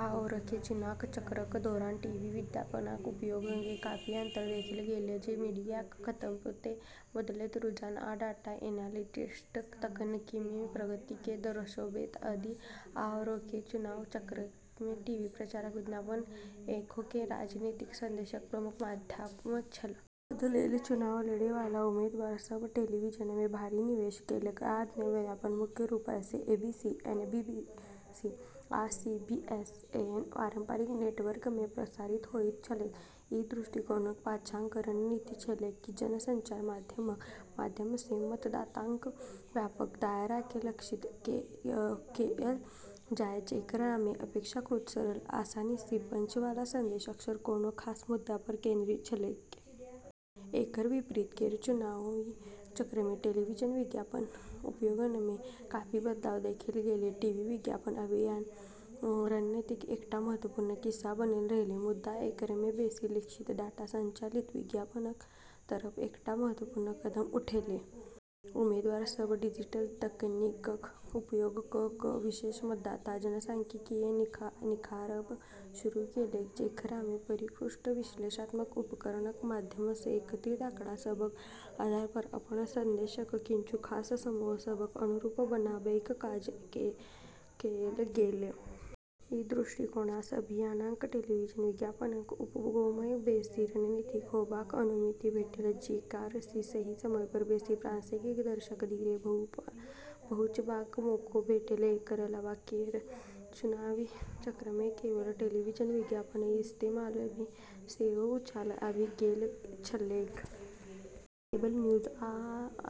आओरके चुनाव चक्रक दौरान टीवी विज्ञापनक उपयोगमे काफी अंतर देखल गेलै, जे मीडियाक खपतमे बदलैत रुझान आ डाटा एनालिटिक्स तकनीकमे प्रगति केँ दर्शाबैत अछि। आओरके चुनावी चक्रमे टीवी प्रचारक विज्ञापन एखनो राजनीतिक संदेशक प्रमुख माध्यम छल। पद लेल चुनाव लड़ै वाला उम्मीदवार सभ टेलीविजनमे भारी निवेश केलक, आ विज्ञापन मुख्य रूपसँ एबीसी, एनबीसी, आ सीबीएस एहन पारंपरिक नेटवर्कमे प्रसारित होइत छलैक। ई दृष्टिकोणक पाछाँक रणनीति छलैक कि जनसंचार माध्यमक माध्यमसँ मतदाताक व्यापक दायराकेँ लक्षित कएल जाय, जेकरामे अपेक्षाकृत सरल, आसानीसँ पचै वाला संदेश अक्सर कोनो खास मुद्दापर केंद्रित छलैक। एकर विपरीत केर चुनावी चक्रमे टेलीविजन विज्ञापनक उपयोगमे काफी बदलाव देखल गेलै। टीवी विज्ञापन अभियान रणनीतिक एकटा महत्वपूर्ण हिस्सा बनल रहलै, मुदा एकरामे बेसी लक्षित, डाटा संचालित विज्ञापनक तरफ एकटा महत्वपूर्ण कदम उठलै। उम्मीदवार सभ डिजिटल तकनीकक उपयोग कऽ कऽ विशिष्ट मतदाता जनसांख्यिकीयकेँ निखारब शुरू केलक, जेकरामे परिष्कृत विश्लेषणात्मक उपकरणक माध्यमसँ एकत्रित आंकड़ा सभक आधारपर अपन संदेशकेँ किछु खास समूह सभक अनुरूप बनाबैक काज कएल गेलै। ई दृष्टिकोणसँ अभियानकेँ टेलीविजन विज्ञापनक उपयोगमे बेसी रणनीतिक होबाक अनुमति भेटलै, जेकरासँ सही समयपर बेसी प्रासंगिक दर्शक धरि पहुँचबाक मौका भेटलै। एकर अलावा केर चुनावी चक्रमे केबल टेलीविजन विज्ञापनक इस्तेमालमे सेहो उछाल आबि गेल छलैक। केबल न्यूज आ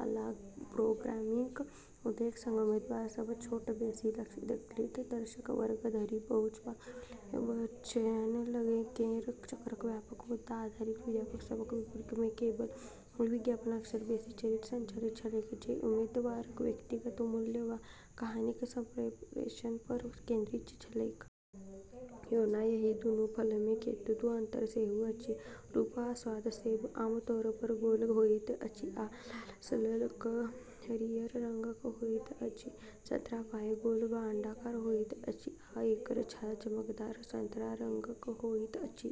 आला प्रोग्रामिंगक उदयक संग उम्मीदवार सभ छोट, बेसी लक्षित दर्शक वर्ग धरि पहुँचबाक मूल्यकेँ पहचानै लगलै। केर चक्रक व्यापक, मुद्दा आधारित विज्ञापन सभक विपरीत, मे केबल टीवी विज्ञापन अक्सर बेसी चरित्र-संचालित छलैक, जे उम्मीदवारक व्यक्तिगत मूल्य वा कहानीक संप्रेषणपर केंद्रित छलैक। ओना एहि दूनू फलमे कतेको अंतर सेहो अछि। रूप आ स्वाद: सेब आमतौरपर गोल होइत अछि आ लालसँ लऽ कऽ हरियर रंगक होइत अछि। संतरा प्रायः गोल वा अंडाकार होइत अछि आ एकर छाल चमकदार संतरा रंगक होइत अछि।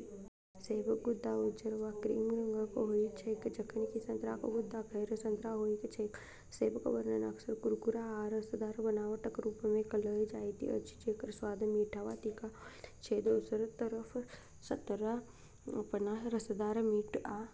सेबक गुदा उज्जर वा क्रीम रंगक होइत छैक, जखन कि संतराक गुदा, खैर, संतरा होइत छैक। सेबक वर्णन अक्सर कुरकुरा आ रसदार बनावटक रूपमे कएल जाइत अछि जेकर स्वाद मीठ वा तीखा होइत छै। दोसर तरफ संतरा अपन रसदार, मीठ आ...